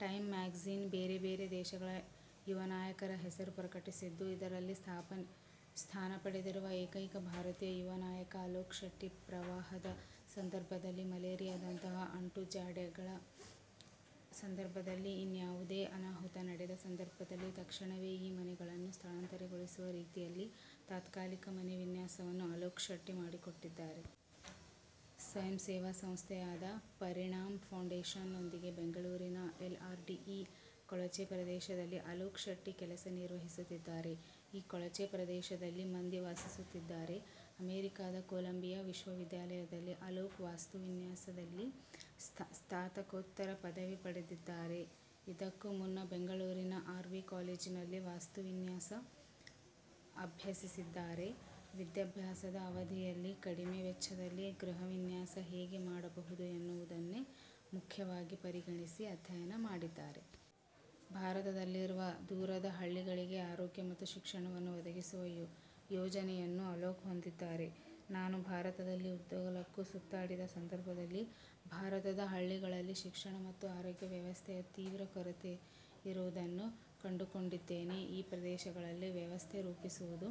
''''Time'' magazine ಬೇರೆಬೇರೆ ದೇಶಗಳ ಯುವನಾಯಕರ ಹೆಸರು ಪ್ರಕಟಿಸಿದ್ದು, ಇದರಲ್ಲಿ ಸ್ಥಾನಪಡೆದಿರುವ ಏಕೈಕ ಭಾರತೀಯ ಯುವ ನಾಯಕ ಅಲೋಕ್ ಶೆಟ್ಟಿ. ಪ್ರವಾಹದ ಸಂದರ್ಭದಲ್ಲಿ, ಮಲೇರಿಯಾದಂತಹ ಅಂಟುಜಾಡ್ಯಗಳ ಸಂದರ್ಭದಲ್ಲಿ, ಇನ್ಯಾವುದೇ ಅನಾಹುತ ನಡೆದ ಸಂದರ್ಭದಲ್ಲಿ ತಕ್ಷಣವೇ ಈ ಮನೆಗಳನ್ನು ಸ್ಥಳಾಂತರಗೊಳಿಸುವ ರೀತಿಯಲ್ಲಿ ತಾತ್ಕಾಲಿಕ ಮನೆ ವಿನ್ಯಾಸವನ್ನು ಅಲೋಕ್ ಶೆಟ್ಟಿ ಮಾಡಿಕೊಟ್ಟಿದ್ದಾರೆ. ಸ್ವಯಂಸೇವಾ ಸಂಸ್ಥೆಯಾದ ''''ಪರಿಣಾಮ್ ಫೌಂಡೇಶನ್''ನೊಂದಿಗೆ ಬೆಂಗಳೂರಿನ ಎಲ್ಆರ್ಡಿಇ ಕೊಳಚೆ ಪ್ರದೇಶದಲ್ಲಿ ಅಲೋಕ್ ಶೆಟ್ಟಿ ಕೆಲಸ ನಿರ್ವಹಿಸುತ್ತಿದ್ದಾರೆ. ಈ ಕೊಳಚೆ ಪ್ರದೇಶದಲ್ಲಿ ಮಂದಿ ವಾಸಿಸುತ್ತಿದ್ದಾರೆ. ಅಮೆರಿಕದ ಕೊಲಂಬಿಯಾ ವಿಶ್ವವಿದ್ಯಾಲಯದಲ್ಲಿ ಅಲೋಕ್ ವಾಸ್ತುವಿನ್ಯಾಸದಲ್ಲಿ ಸ್ನಾತಕೋತ್ತರ ಪದವಿ ಪಡೆದಿದ್ದಾರೆ. ಇದಕ್ಕೂ ಮುನ್ನ ಬೆಂಗಳೂರಿನ ಆರ್ವಿ ಕಾಲೇಜಿನಲ್ಲಿ ವಾಸ್ತುವಿನ್ಯಾಸ ಅಭ್ಯಸಿಸಿದ್ದಾರೆ. ವಿದ್ಯಾಭ್ಯಾಸದ ಅವಧಿಯಲ್ಲಿ ಕಡಿಮೆ ವೆಚ್ಚದಲ್ಲಿ ಗೃಹವಿನ್ಯಾಸ ಹೇಗೆ ಮಾಡಬಹುದು ಎನ್ನುವುದನ್ನೇ ಮುಖ್ಯವಾಗಿ ಪರಿಗಣಿಸಿ ಅಧ್ಯಯನ ಮಾಡಿದ್ದಾರೆ. ಭಾರತದಲ್ಲಿರುವ ದೂರದ ಹಳ್ಳಿಗಳಿಗೆ ಆರೋಗ್ಯ ಮತ್ತು ಶಿಕ್ಷಣವನ್ನು ಒದಗಿಸುವ ಯೋಜನೆಯನ್ನು ಅಲೋಕ್ ಹೊಂದಿದ್ದಾರೆ. ''''ನಾನು ಭಾರತದಲ್ಲಿ ಉದ್ದಗಲಕ್ಕೂ ಸುತ್ತಾಡಿದ ಸಂದರ್ಭದಲ್ಲಿ ಭಾರತದ ಹಳ್ಳಿಗಳಲ್ಲಿ ಶಿಕ್ಷಣ ಮತ್ತು ಆರೋಗ್ಯವ್ಯವಸ್ಥೆಯ ತೀವ್ರ ಕೊರತೆಯಿರುವುದನ್ನು ಕಂಡುಕೊಂಡಿದ್ದೇನೆ. ಈ ಪ್ರದೇಶಗಳಲ್ಲಿ ವ್ಯವಸ್ಥೆ ರೂಪಿಸುವುದು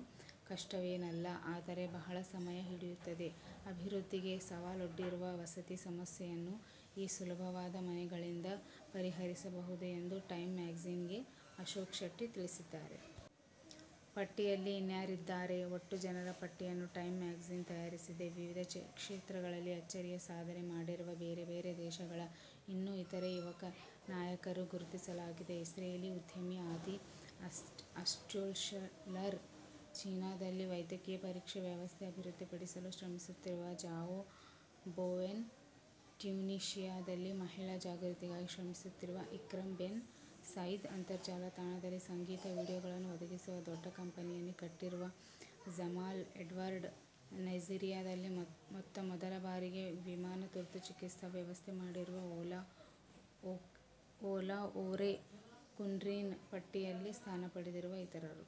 ಕಷ್ಟವೇನಲ್ಲ, ಆದರೆ ಬಹಳ ಸಮಯ ಹಿಡಿಯುತ್ತದೆ. ಅಭಿವೃದ್ಧಿಗೆ ಸವಾಲೊಡ್ಡಿರುವ ವಸತಿ ಸಮಸ್ಯೆಯನ್ನು ಈ ಸುಲಭವಾದ ಮನೆಗಳಿಂದ ಪರಿಹರಿಸಬಹುದು'' ಎಂದು ಟೈಮ್ ಮ್ಯಾಗಜಿನ್ಗೆ ಅಲೋಕ್ ಶೆಟ್ಟಿ ತಿಳಿಸಿದ್ದಾರೆ. ಪಟ್ಟಿಯಲ್ಲಿ ಇನ್ಯಾರಿದ್ದಾರೆ?: ಒಟ್ಟು ಜನರ ಪಟ್ಟಿಯನ್ನು ಟೈಮ್ ಮ್ಯಾಗಜಿನ್ ತಯಾರಿಸಿದೆ. ವಿವಿಧ ಕ್ಷೇತ್ರಗಳಲ್ಲಿ ಅಚ್ಚರಿಯ ಸಾಧನೆ ಮಾಡಿರುವ ಬೇರೆ ಬೇರೆ ದೇಶಗಳ ಇನ್ನೂ ಇತರ ಯುವನಾಯಕರು ಗುರ್ತಿಸಲಾಗಿದೆ. ಇಸ್ರೇಲಿ ಉದ್ಯಮಿ ಆದಿ ಆಲ್ಟ್ಶೂಲರ್, ಚೀನಾದಲ್ಲಿ ವೈದ್ಯಕೀಯ ಪರೀಕ್ಷೆ ವ್ಯವಸ್ಥೆ ಅಭಿವೃದ್ಧಿಪಡಿಸಲು ಶ್ರಮಿಸುತ್ತಿರುವ ಜಾವೋ ಬೊವೆನ್, ಟ್ಯುನೀಷಿಯಾದಲ್ಲಿ ಮಹಿಳಾ ಜಾಗೃತಿಗಾಗಿ ಶ್ರಮಿಸುತ್ತಿರುವ ಇಕ್ರಮ್ ಬೆನ್ ಸೈದ್, ಅಂತರ್ಜಾಲ ತಾಣದಲ್ಲಿ ಸಂಗೀತ ವೀಡಿಯೋಗಳನ್ನು ಒದಗಿಸುವ ದೊಡ್ಡ ಕಂಪನಿಯನ್ನೇ ಕಟ್ಟಿರುವ ಜಮಾಲ್ ಎಡ್ವರ್ಡ್ಸ್, ನೈಜೀರಿಯಾದಲ್ಲಿ ಮೊತ್ತಮೊದಲ ಬಾರಿಗೆ ವಿಮಾನ ತುರ್ತು ಚಿಕಿತ್ಸಾ ವ್ಯವಸ್ಥೆ ಮಾಡಿರುವ ಓಲಾ ಒರೆಕುನ್ರಿನ್ ಪಟ್ಟಿಯಲ್ಲಿ ಸ್ಥಾನಪಡೆದಿರುವ ಇತರರು.